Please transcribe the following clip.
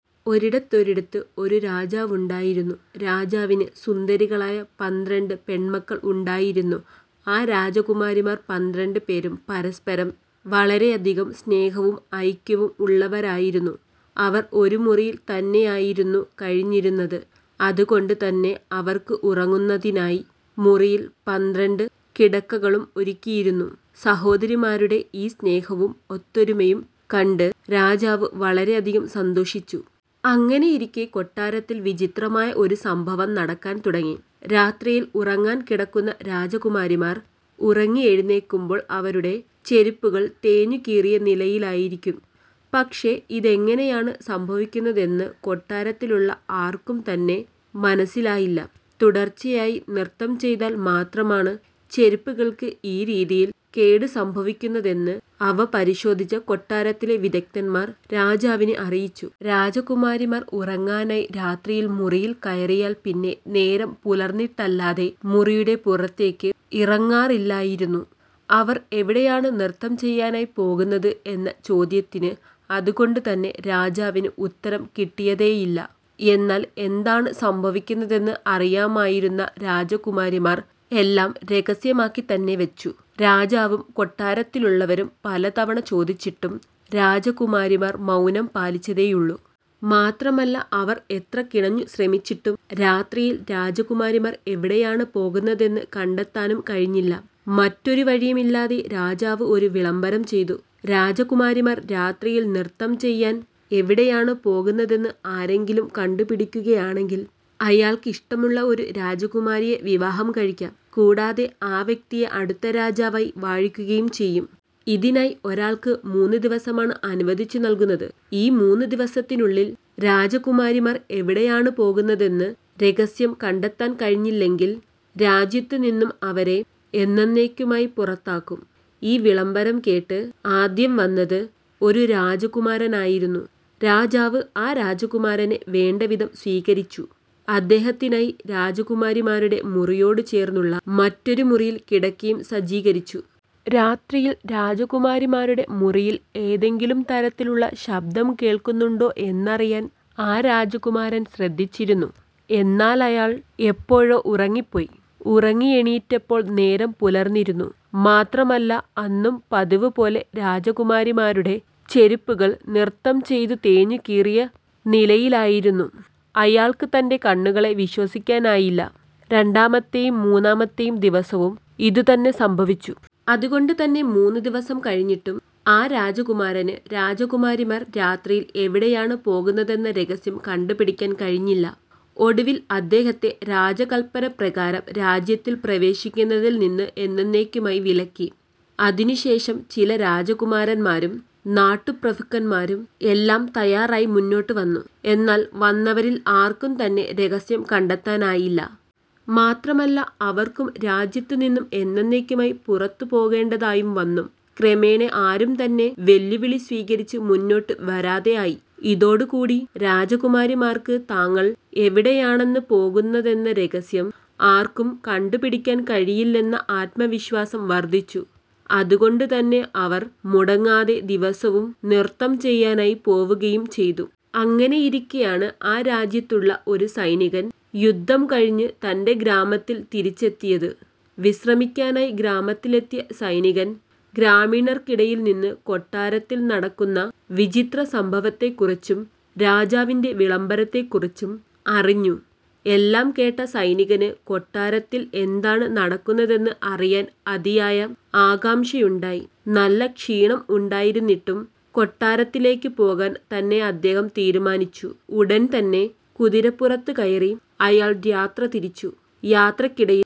ഒരിടത്തൊരിടത്ത് ഒരു രാജാവുണ്ടായിരുന്നു. രാജാവിന് സുന്ദരികളായ പന്ത്രണ്ട് പെൺമക്കൾ ഉണ്ടായിരുന്നു. ആ രാജകുമാരിമാർ പന്ത്രണ്ട് പേരും പരസ്പരം വളരെയധികം സ്നേഹവും ഐക്യവും ഉള്ളവരായിരുന്നു. അവർ ഒരു മുറിയിൽ തന്നെയായിരുന്നു കഴിഞ്ഞിരുന്നത്. അതുകൊണ്ടു തന്നെ അവർക്ക് ഉറങ്ങുന്നതിനായി മുറിയിൽ പന്ത്രണ്ട് കിടക്കകളും ഒരുക്കിയിരുന്നു. സഹോദരിമാരുടെ ഈ സ്നേഹവും ഒത്തൊരുമയും കണ്ട് രാജാവ് വളരെയധികം സന്തോഷിച്ചു. അങ്ങനെയിരിക്കെ കൊട്ടാരത്തിൽ വിചിത്രമായ ഒരു സംഭവം നടക്കാൻ തുടങ്ങി. രാത്രിയിൽ ഉറങ്ങാൻ കിടക്കുന്ന രാജകുമാരിമാർ ഉറങ്ങി എഴുന്നേൽക്കുമ്പോൾ അവരുടെ ചെരുപ്പുകൾ തേഞ്ഞുകീറിയ നിലയിലായിരിക്കും. പക്ഷേ ഇതെങ്ങനെയാണ് സംഭവിക്കുന്നതെന്ന് കൊട്ടാരത്തിലുള്ള ആർക്കും തന്നെ മനസിലായില്ല. തുടർച്ചയായി നൃത്തം ചെയ്താൽ മാത്രമാണ് ചെരുപ്പുകൾക്ക് ഈ രീതിയിൽ കേട് സംഭവിക്കുന്നതെന്ന് അവ പരിശോധിച്ച കൊട്ടാരത്തിലെ വിദഗ്ധൻമാർ രാജാവിനെ അറിയിച്ചു. രാജകുമാരിമാർ ഉറങ്ങാനായി രാത്രിയിൽ മുറിയിൽ കയറിയാൽ പിന്നെ നേരം പുലർന്നിട്ടല്ലാതെ മുറിയുടെ പുറത്തേക്ക് ഇറങ്ങാറില്ലായിരുന്നു. അവർ എവിടെയാണ് നൃത്തം ചെയ്യാനായി പോകുന്നത് എന്ന ചോദ്യത്തിന് അതുകൊണ്ട് തന്നെ രാജാവിന് ഉത്തരം കിട്ടിയതേയില്ല. എന്നാൽ എന്താണ് സംഭവിക്കുന്നതെന്ന് അറിയാമായിരുന്ന രാജകുമാരിമാർ എല്ലാം രഹസ്യമാക്കി തന്നെ വച്ചു. രാജാവും കൊട്ടാരത്തിലുള്ളവരും പലതവണ ചോദിച്ചിട്ടും രാജകുമാരിമാർ മൗനം പാലിച്ചതേയുള്ളൂ. മാത്രമല്ല അവർ എത്ര കിണഞ്ഞു ശ്രമിച്ചിട്ടും രാത്രിയിൽ രാജകുമാരിമാർ എവിടെയാണ് പോകുന്നതെന്ന് കണ്ടെത്താനും കഴിഞ്ഞില്ല. മറ്റൊരു വഴിയുമില്ലാതെ രാജാവ് ഒരു വിളംബരം ചെയ്തു. "രാജകുമാരിമാർ രാത്രിയിൽ നൃത്തം ചെയ്യാൻ എവിടെയാണ് പോകുന്നതെന്ന് ആരെങ്കിലും കണ്ടു പിടിക്കുകയാണെങ്കിൽ അയാൾക്ക് ഇഷ്ടമുള്ള ഒരു രാജകുമാരിയെ വിവാഹം കഴിക്കാം. കൂടാതെ ആ വ്യക്തിയെ അടുത്ത രാജാവായി വാഴിക്കുകയും ചെയ്യും. ഇതിനായി ഒരാൾക്ക് മൂന്ന് ദിവസമാണ് അനുവദിച്ചു നൽകുന്നത്. ഈ മൂന്നു ദിവസത്തിനുള്ളിൽ രാജകുമാരിമാർ എവിടെയാണ് പോകുന്നതെന്ന് രഹസ്യം കണ്ടെത്താൻ കഴിഞ്ഞില്ലെങ്കിൽ രാജ്യത്തുനിന്നും അവരെ എന്നന്നേക്കുമായി പുറത്താക്കും. " ഈ വിളംബരം കേട്ട് ആദ്യം വന്നത് ഒരു രാജകുമാരനായിരുന്നു. രാജാവ് ആ രാജകുമാരനെ വേണ്ടവിധം സ്വീകരിച്ചു. അദ്ദേഹത്തിനായി രാജകുമാരിമാരുടെ മുറിയോട് ചേർന്നുള്ള മറ്റൊരു മുറിയിൽ കിടക്കയും സജ്ജീകരിച്ചു. രാത്രിയിൽ രാജകുമാരിമാരുടെ മുറിയിൽ ഏതെങ്കിലും തരത്തിലുള്ള ശബ്ദം കേൾക്കുന്നുണ്ടോ എന്നറിയാൻ ആ രാജകുമാരൻ ശ്രദ്ധിച്ചിരുന്നു. എന്നാൽ അയാൾ എപ്പോഴോ ഉറങ്ങിപ്പോയി. ഉറങ്ങിയെണീറ്റപ്പോൾ നേരം പുലർന്നിരുന്നു. മാത്രമല്ല അന്നും പതിവുപോലെ രാജകുമാരിമാരുടെ ചെരുപ്പുകൾ നൃത്തം ചെയ്ത് തേഞ്ഞു കീറിയ നിലയിലായിരുന്നു. അയാൾക്ക് തൻ്റെ കണ്ണുകളെ വിശ്വസിക്കാനായില്ല. രണ്ടാമത്തെയും മൂന്നാമത്തെയും ദിവസവും ഇതുതന്നെ സംഭവിച്ചു. അതുകൊണ്ട് തന്നെ മൂന്നു ദിവസം കഴിഞ്ഞിട്ടും ആ രാജകുമാരന് രാജകുമാരിമാർ രാത്രിയിൽ എവിടെയാണ് പോകുന്നതെന്ന രഹസ്യം കണ്ടുപിടിക്കാൻ കഴിഞ്ഞില്ല. ഒടുവിൽ അദ്ദേഹത്തിനെ രാജകല്പന പ്രകാരം രാജ്യത്തിൽ പ്രവേശിക്കുന്നതിൽ നിന്ന് എന്നന്നേക്കുമായി വിലക്കി. അതിനു ശേഷം ചില രാജകുമാരൻമാരും നാട്ടുപ്രഭുക്കന്മാരും എല്ലാം തയ്യാറായി മുന്നോട്ടു വന്നു. എന്നാൽ വന്നവരിൽ ആർക്കും തന്നെ രഹസ്യം കണ്ടെത്താനായില്ല. മാത്രമല്ല അവർക്കും രാജ്യത്ത് നിന്നു എന്നെന്നേക്കുമായി പുറത്തു പോകേണ്ടതായും വന്നു. ക്രമേണ ആരും തന്നെ വെല്ലുവിളി സ്വീകരിച്ച് മുന്നോട്ടു വരാതെ ആയി. ഇതോടുകൂടി രാജകുമാരിമാർക്ക് തങ്ങൾ എവിടെയാണെന്ന് പോകുന്നതെന്ന രഹസ്യം ആർക്കും കണ്ടുപിടിക്കാൻ കഴിയില്ലെന്ന ആത്മവിശ്വാസം വർദ്ധിച്ചു. അതുകൊണ്ടുതന്നെ അവർ മുടങ്ങാതെ ദിവസവും നൃത്തം ചെയ്യാനായി പോകുകയും ചെയ്തു. അങ്ങനെയിരിക്കെയാണ് ആ രാജ്യത്തുള്ള ഒരു സൈനികൻ യുദ്ധം കഴിഞ്ഞ് തൻ്റെ ഗ്രാമത്തിൽ തിരിച്ചെത്തിയത്. വിശ്രമിക്കാനായി ഗ്രാമത്തിലെത്തിയ സൈനികൻ ഗ്രാമീണർക്കിടയിൽ നിന്ന് കൊട്ടാരത്തിൽ നടക്കുന്ന വിചിത്രസംഭവത്തെക്കുറിച്ചും രാജാവിൻ്റെ വിളംബരത്തെക്കുറിച്ചും അറിഞ്ഞു. എല്ലാം കേട്ട സൈനികന് കൊട്ടാരത്തിൽ എന്താണ് നടക്കുന്നതെന്ന് അറിയാൻ അതിയായ ആകാംക്ഷയുണ്ടായി. നല്ല ക്ഷീണം ഉണ്ടായിരുന്നിട്ടും കൊട്ടാരത്തിലേക്ക് പോകാൻ തന്നെ അദ്ദേഹം തീരുമാനിച്ചു. ഉടൻതന്നെ കുതിരപ്പുറത്തു കയറി അയാൾ യാത്ര തിരിച്ചു. യാത്രക്കിടയിൽ